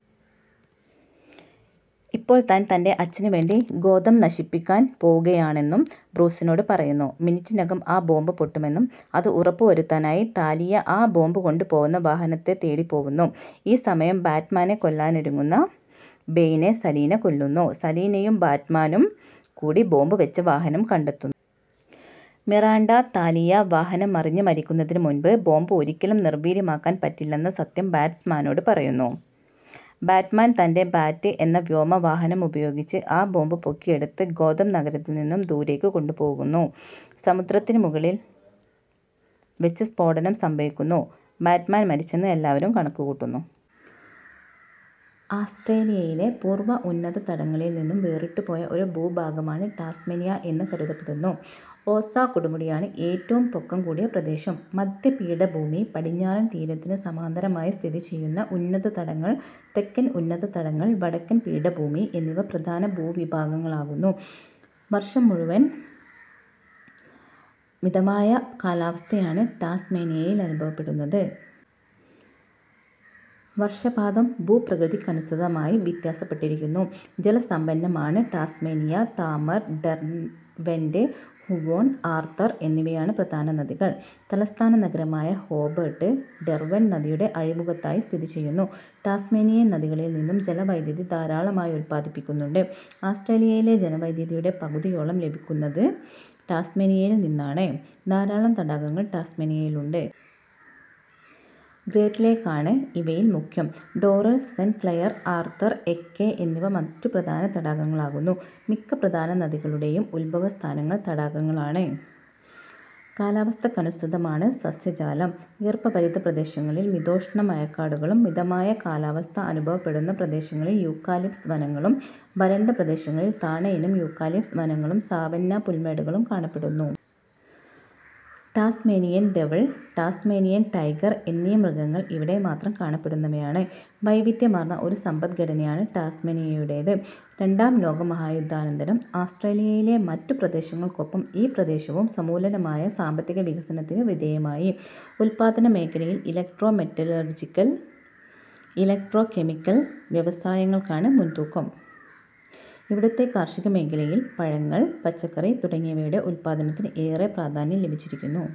ഇപ്പോൾ താൻ, തൻ്റെ അച്ഛന് വേണ്ടി ഗോഥം നശിപ്പിക്കാൻ പോവുകയാണെന്നും ബ്രൂസിനോട് പറയുന്നു. മിനിറ്റിനകം ആ ബോംബ് പൊട്ടുമെന്നും അതു ഉറപ്പു വരുത്താനായി താലിയ ആ ബോംബ് കൊണ്ട് പോവുന്ന വാഹനത്തെ തേടി പോവുന്നു. ഈ സമയം ബാറ്റ്മാനെ കൊല്ലാനൊരുങ്ങുന്ന ബെയ്നെ സലീന കൊല്ലുന്നു. സലീനയും ബാറ്റ്മാനും കൂടി ബോംബ് വെച്ച വാഹനം കണ്ടെത്തുന്നു. മിറാണ്ട/താലിയ വാഹനം മറിഞ്ഞ് മരിക്കുന്നതിനു മുമ്പ് ബോംബ് ഒരിക്കലും നിർവീര്യമാക്കാൻ പറ്റില്ലെന്ന സത്യം ബാറ്റ്മാനോട് പറയുന്നു. ബാറ്റ്മാൻ, തൻ്റെ 'ബാറ്റ്' എന്ന വ്യോമവാഹനം ഉപയോഗിച്ച് ആ ബോംബ് പൊക്കിയെടുത്തു ഗോഥം നഗരത്തിൽ നിന്ന് ദൂരെക്ക് കൊണ്ട് പോവുന്നു. സമുദ്രത്തിന്നു മുകളിൽ വെച്ച് സ്ഫോടനം സംഭവിക്കുന്നു. ബാറ്റ്മാൻ മരിച്ചെന്നു എല്ലാവരും കണക്കുകൂട്ടുന്നു. ആസ്റ്റ്രേലിയയിലെ പൂർവ ഉന്നത തടങ്ങളിൽ നിന്നും വേറിട്ടുപോയ ഒരു ഭൂഭാഗമാണ് ടാസ്മേനിയ എന്നു കരുതപ്പെടുന്നു. ഓസ കൊടുമുടിയാണ് ഏറ്റവും പൊക്കം കൂടിയ പ്രദേശം. മധ്യപീഠഭൂമി, പടിഞ്ഞാറൻ തീരത്തിനു സമാന്തരമായി സ്ഥിതി ചെയ്യുന്ന ഉന്നതതടങ്ങൾ, തെക്കൻ ഉന്നത തടങ്ങൾ, വടക്കൻ പീഠഭൂമി എന്നിവ പ്രധാന ഭൂവിഭാഗങ്ങളാകുന്നു. വർഷം മുഴുവൻ മിതമായ കാലാവസ്ഥയാണ് ടാസ്മേനിയയിലനുഭവപ്പെടുന്നത്. വർഷപാതം ഭൂപ്രകൃതിക്കനുസൃതമായി വ്യത്യാസപ്പെട്ടിരിക്കുന്നു. ജലസമ്പന്നമാണ് Tasmania. Tamar, Derwent, Huon, Arthur എന്നിവയാണ് പ്രധാന നദികൾ. തലസ്ഥാന നഗരമായ ഹോബർട്ട്, ഡെർവന്റ് നദിയുടെ അഴിമുഖത്തായി സ്ഥിതി ചെയ്യുന്നു. ടാസ്മേനിയൻ നദികളിൽ നിന്നും ജലവൈദ്യുതി ധാരാളമായുത്പാദിപ്പിക്കുന്നുണ്ട്. ആസ്റ്റ്രേലിയയിലെ ജലവൈദ്യുതിയുടെ പകുതിയോളം ലഭിക്കുന്നത് ടാസ്മേനിയയിൽ നിന്നാണ്. ധാരാളം തടാകങ്ങൾ ടാസ്മേനിയയിലുണ്ട്. ഗ്രേറ്റ്ലേക് ആണ് ഇവയിൽ മുഖ്യം. സോറൽ, സെന്റ് ക്ലയർ, ആർതർ, എക്കെ എന്നിവ മറ്റു പ്രധാന തടാകങ്ങളാകുന്നു. മിക്ക പ്രധാന നദികളുടെയും ഉദ്ഭവസ്ഥാനങ്ങൾ തടാകങ്ങളാണ്. കാലാവസ്ഥയ്ക്കനുസൃതമാണ് സസ്യജാലം. ഈർപ്പഭരിതപ്രദേശങ്ങളിൽ മിതോഷ്ണമഴക്കാടുകളും, മിതമായ കാലാവസ്ഥ അനുഭവപ്പെടുന്ന പ്രദേശങ്ങളിൽ യൂക്കാലിപ്റ്റസ് വനങ്ങളും, വരണ്ട പ്രദേശങ്ങളിൽ താണയിനം യൂക്കാലിപ്റ്റസ് വനങ്ങളും, സാവന്നാ പുൽമേടുകളും കാണപ്പെടുന്നു. ടാസ്മേനിയൻ ഡെവിൾ, ടാസ്മേനിയൻ ടൈഗർ എന്നീ മൃഗങ്ങൾ ഇവിടെ മാത്രം കാണപ്പെടുന്നവയാണ്. വൈവിധ്യമാർന്ന ഒരു സമ്പദ്ഘടനയാണ് ടാസ്മേനിയയുടേത്. രണ്ടാം ലോക മഹായുദ്ധാനന്തരം ആസ്റ്റ്രേലിയയിലെ മറ്റു പ്രദേശങ്ങൾക്കൊപ്പം ഈ പ്രദേശവും സമൂലമായ സാമ്പത്തിക വികസനത്തിനു വിധേയമായി. ഉത്പാദനമേഖലയിൽ ഇലക്ട്രോ-മെറ്റലർജിക്കൽ, ഇലക്ട്രോ-കെമിക്കൽ വ്യവസായങ്ങൾക്കാണ് മുൻതൂക്കം. ഇവിടത്തെ കാർഷികമേഖലയിൽ പഴങ്ങൾ, പച്ചക്കറി തുടങ്ങിയവയുടെ ഉത്പാദനത്തിന് ഏറെ പ്രാധാന്യം ലഭിച്ചിരിക്കുന്നു.